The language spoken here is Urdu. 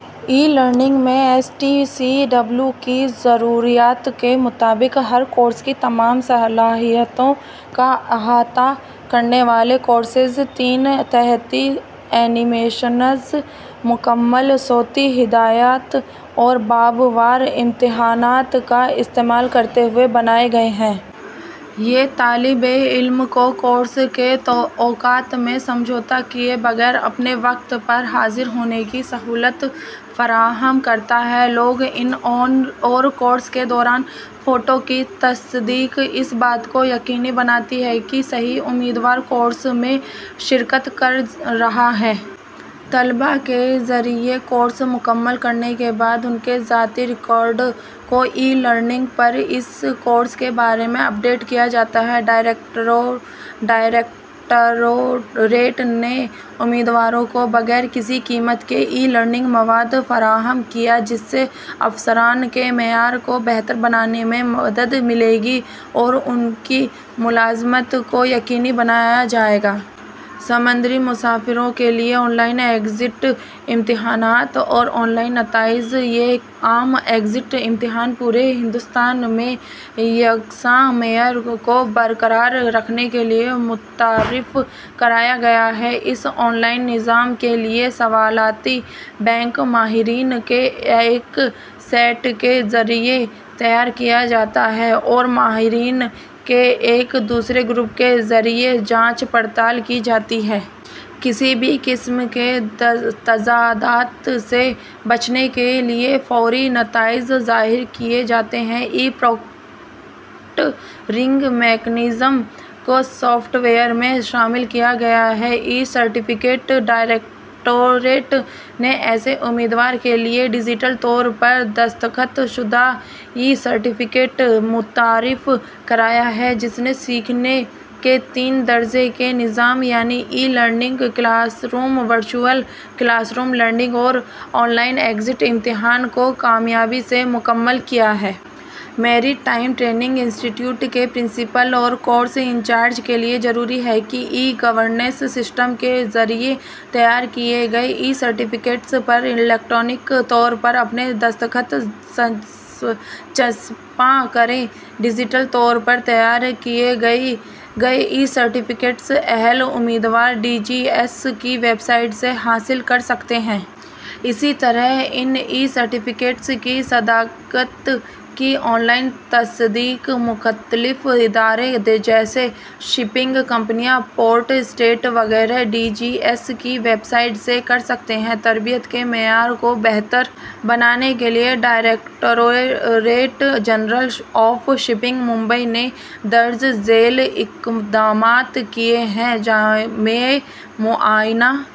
ای لرننگ میں ایس ٹی سی ڈبلیو کی ضروریات کے مطابق ہر کورس کی تمام صلاحیتوں کا احاطہ کرنے والے کورسز تین جہتی اینی میشنز، مکمل صوتی ہدایات اور باب وار امتحانات کا استعمال کرتے ہوئے بنائے گئے ہیں۔ یہ طالب علم کو کورس کے اوقات میں سمجھوتہ کیے بغیر اپنے وقت پر حاضر ہونے کی سہولت فراہم کرتا ہے۔ لاگ اِن اور کورس کے دوران فوٹو کی تصدیق اس بات کو یقینی بناتی ہے کہ صحیح امیدوار کورس میں شرکت کر رہا ہے۔ طلبہ کے ذریعہ کورس مکمل کرنے کے بعد، ان کے ذاتی ریکارڈ کو ای لرننگ پر اس کورس کے بارے میں اپ ڈیٹ کیا جاتا ہے۔ ڈائریکٹوریٹ نے امیدواروں کو بغیر کسی قیمت کے ای لرننگ مواد فراہم کیا، جس سے افسران کے معیار کو بہتر بنانے میں مدد ملے گی اور ان کی ملازمت کو یقینی بنایا جائے گا۔ سمندری مسافروں کے لیے آن لائن ایگزٹ امتحانات اور آن لائن نتائج: یہ عام ایگزٹ امتحان پورے ہندوستان میں یکساں معیار کو برقرار رکھنے کے لیے متعارف کرایا گیا ہے۔ اس آن لائن سسٹم کے لیے سوالاتی بینک ماہرین کے ایک سیٹ کے ذریعہ تیار کیا جاتا ہے اور ماہرین کے ایک دوسرے گروپ کے ذریعہ جانچ پڑتال کی جاتی ہے۔ کسی بھی قسم کے تضادات سے بچنے کے لیے فوری نتائج ظاہر کیے جاتے ہیں۔ ای پراکٹرنگ میکانزم کو سافٹ ویئر میں شامل کیا گیا ہے۔ ای-سرٹیفکیٹ: ڈائریکٹوریٹ نے ایسے امیدوار کے لیے ڈیجیٹل طور پر دستخط شدہ ای-سرٹیفکیٹ متعارف کرایا ہے جس نے سیکھنے کے تین درجے کے نظام، یعنی e learning, class room virtual class room learning اور آن لائن ایگزٹ امتحان کو کامیابی سے مکمل کیا ہے۔ Maritime training institute کے پرنسپل اور کورس انچارج کے لیے ضروری ہے کہ ای گورننس سسٹم کے ذریعہ تیار کردہ ای-سرٹیفکیٹس پر الیکٹرانک طور پر اپنے دستخط چسپاں کریں۔ ڈیجیٹل طور پر تیار کردہ ای-سرٹیفکیٹس اہل امیدوار ڈی جی ایس کی ویب سائٹ سے حاصل کر سکتے ہیں۔ اسی طرح، ان ای-سرٹیفکیٹس کی صداقت کی آن لائن تصدیق مختلف ادارے، جیسے شپنگ کمپنیاں، پورٹ اسٹیٹ وغیرہ، ڈی جی ایس کی ویب سائٹ سے کر سکتے ہیں۔ تربیت کے معیار کو بہتر بنانے کے لیے directorate general of shipping, Mumbai نے درج ذیل اقدامات کیے ہیں: جامع معائنہ